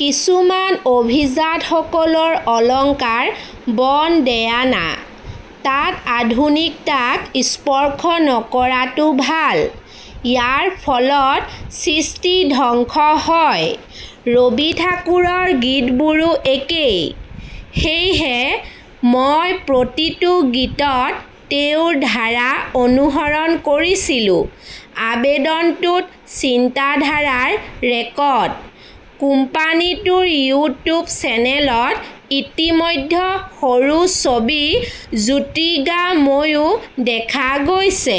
কিছুমান অভিজাতসকলৰ অলংকাৰ বনদেয়ানা। তাত আধুনিকতাক স্পৰ্শ নকৰাটো ভাল। ইয়াৰ ফলত সৃষ্টি ধ্বংস হয়। ৰবি ঠাকুৰৰ গীতবোৰো একেই। সেয়েহে মই প্ৰতিটো গীতত তেওঁৰ ধাৰা অনুসৰণ কৰিছিলো। আবেদনটোত চিন্তাধাৰাৰ ৰেকৰ্ড। কোম্পানীটোৰ ইউটিউব চেনেলত ইতিমধ্যে সৰু ছবি জ্যোতিৰ্গাময়ো দেখা গৈছে।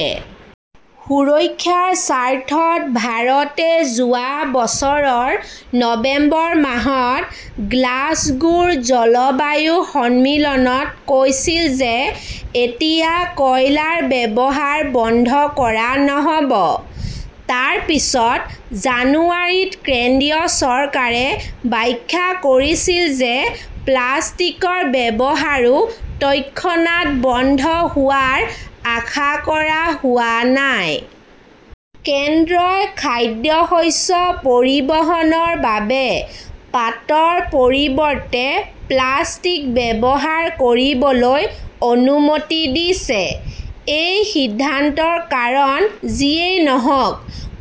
সুৰক্ষাৰ স্বাৰ্থত ভাৰতে যোৱা বছৰৰ নৱেম্বৰ মাহত গ্লাছগোৰ জলবায়ু সন্মিলনত কৈছিল যে এতিয়া কয়লাৰ ব্যৱহাৰ বন্ধ কৰা নহ'ব। তাৰ পিছত জানুৱাৰীত কেন্দ্ৰীয় চৰকাৰে ব্যাখ্যা কৰিছিল যে প্লাষ্টিকৰ ব্যৱহাৰো তৎক্ষণাত বন্ধ হোৱাৰ আশা কৰা হোৱা নাই। কেন্দ্ৰই খাদ্যশস্য পৰিবহণৰ বাবে পাটৰ পৰিৱৰ্তে প্লাষ্টিক ব্যৱহাৰ কৰিবলৈ অনুমতি দিছে। এই সিদ্ধান্তৰ কাৰণ যিয়েই নহওঁক,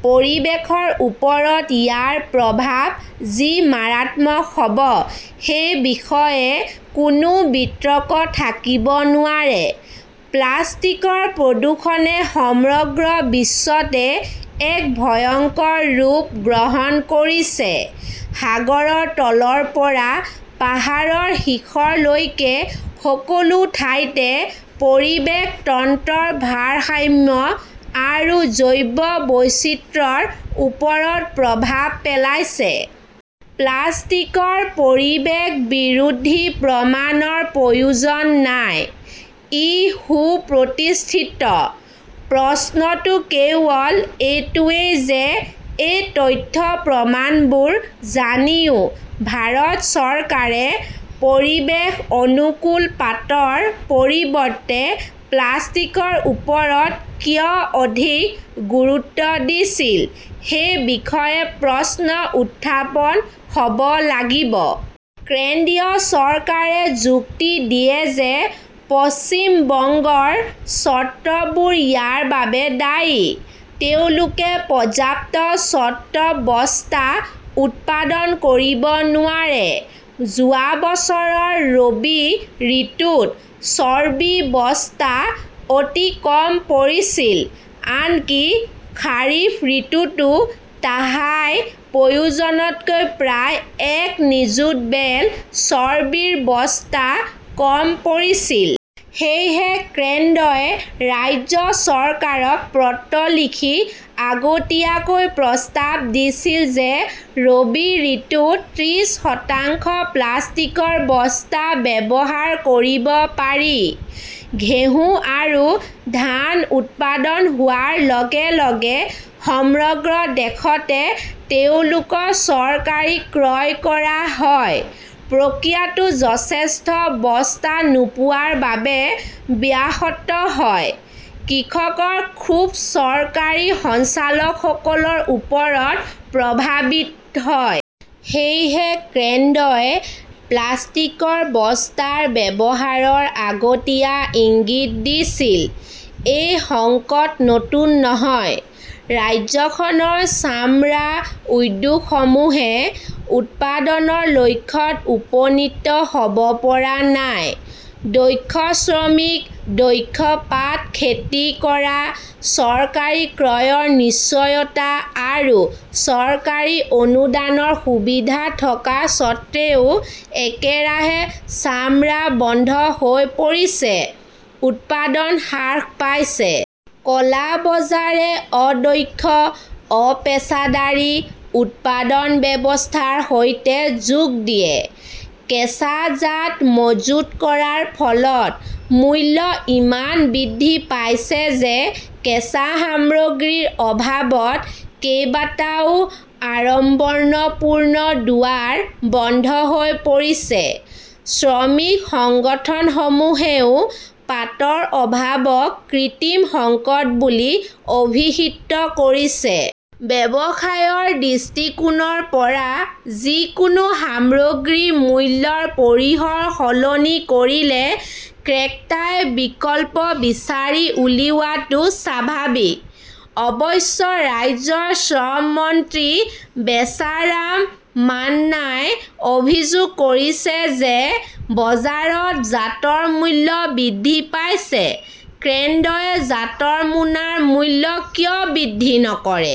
পৰিৱেশৰ ওপৰত ইয়াৰ প্ৰভাৱ যি মাৰাত্মক হ 'ব সেই বিষয়ে কোনো বিতৰ্ক থাকিব নোৱাৰে। প্লাষ্টিকৰ প্ৰদূষণে সমগ্ৰ বিশ্বতে এক ভয়ংকৰ ৰূপ গ্ৰহণ কৰিছে, সাগৰৰ তলৰ পৰা পাহাৰৰ শিখৰলৈকে সকলো ঠাইতে পৰিৱেশ তন্ত্ৰৰ ভাৰসাম্য আৰু জৈৱ বৈচিত্ৰ্যৰ ওপৰত প্ৰভাৱ পেলাইছে। প্লাষ্টিকৰ পৰিৱেশ বিৰোধী প্ৰমাণৰ প্ৰয়োজন নাই, ই সুপ্ৰতিষ্ঠিত। প্ৰশ্নটো কেৱল এইটোৱেই যে এই তথ্য-প্ৰমাণবোৰ জানিও ভাৰত চৰকাৰে পৰিৱেশ অনুকূল পাটৰ পৰিৱৰ্তে প্লাষ্টিকৰ ওপৰত কিয় অধিক গুৰুত্ব দিছিল সেই বিষয়ে প্ৰশ্ন উত্থাপন হ'ব লাগিব। কেন্দ্ৰীয় চৰকাৰে যুক্তি দিয়ে যে পশ্চিম বংগৰ চ'টবোৰ ইয়াৰ বাবে দায়ী, তেওঁলোকে পৰ্যাপ্ত চ'ট বস্তা উৎপাদন কৰিব নোৱাৰে। যোৱা বছৰৰ ৰবি ঋতুত চৰ্বিৰ বস্তা অতি কম পৰিছিল, আনকি খাৰিফ ঋতুতো তাহাই-প্ৰয়োজনতকৈ প্ৰায় এক নিযুত বেল চৰ্বিৰ বস্তা কম পৰিছিল। সেয়েহে কেন্দ্ৰই ৰাজ্য চৰকাৰক পত্ৰ লিখি আগতীয়াকৈ প্ৰস্তাৱ দিছিল যে ৰবি ঋতুত ত্ৰিশ শতাংশ প্লাষ্টিকৰ বস্তা ব্যৱহাৰ কৰিব পাৰি। ঘেঁহু আৰু ধান উৎপাদন হোৱাৰ লগে - লগে সমগ্ৰ দেশতে তেওঁলোকৰ চৰকাৰী ক্ৰয় কৰা হয়, প্ৰক্ৰিয়াটো যথেষ্ট বস্তা নোপোৱাৰ বাবে ব্যাহত হয়, কৃষকৰ ক্ষোভ চৰকাৰী সঞ্চালকসকলৰ ওপৰত প্ৰভাৱিত হয়। সেয়েহে কেন্দ্ৰই প্লাষ্টিকৰ বস্তাৰ ব্যৱহাৰৰ আগতীয়া ইংগিত দিছিল। এই সংকট নতুন নহয়। ৰাজ্যখনৰ চামৰা উদ্যোগসমূহে উৎপাদনৰ লক্ষ্যত উপনীত হ'ব পৰা নাই। দক্ষ শ্ৰমিক, দক্ষ পাট খেতি কৰা, চৰকাৰী ক্ৰয়ৰ নিশ্চয়তা আৰু চৰকাৰী অনুদানৰ সুবিধা থকা স্বত্বেও একেৰাহে চামৰা বন্ধ হৈ পৰিছে, উৎপাদন হ্ৰাস পাইছে। ক'লা বজাৰে অদক্ষ, অপেচাদাৰী উৎপাদন ব্যৱস্থাৰ সৈতে যোগ দিয়ে। কেঁচা জাট মজুত কৰাৰ ফলত মূল্য ইমান বৃদ্ধি পাইছে যে কেঁচা সামগ্ৰীৰ অভাৱত কেইবাটাও আড়ম্বৰপূৰ্ণ দুৱাৰ বন্ধ হৈ পৰিছে। শ্ৰমিক সংগঠনসমূহেও পাটৰ অভাৱক কৃত্ৰিম সংকট বুলি অভিহিত কৰিছে। ব্যৱসায়ৰ দৃষ্টিকোণৰ পৰা যিকোনো সামগ্ৰীৰ মূল্যৰ পৰিসৰ সলনি কৰিলে ক্ৰেতাই বিকল্প বিচাৰি উলিওৱাটো স্বাভাৱিক। অৱশ্যে ৰাজ্যৰ শ্ৰম মন্ত্ৰী বেচাৰাম মাননাই অভিযোগ কৰিছে যে বজাৰত জাটৰ মূল্য বৃদ্ধি পাইছে, কেন্দ্ৰই জাটৰ মোনাৰ মূল্য কিয় বৃদ্ধি নকৰে।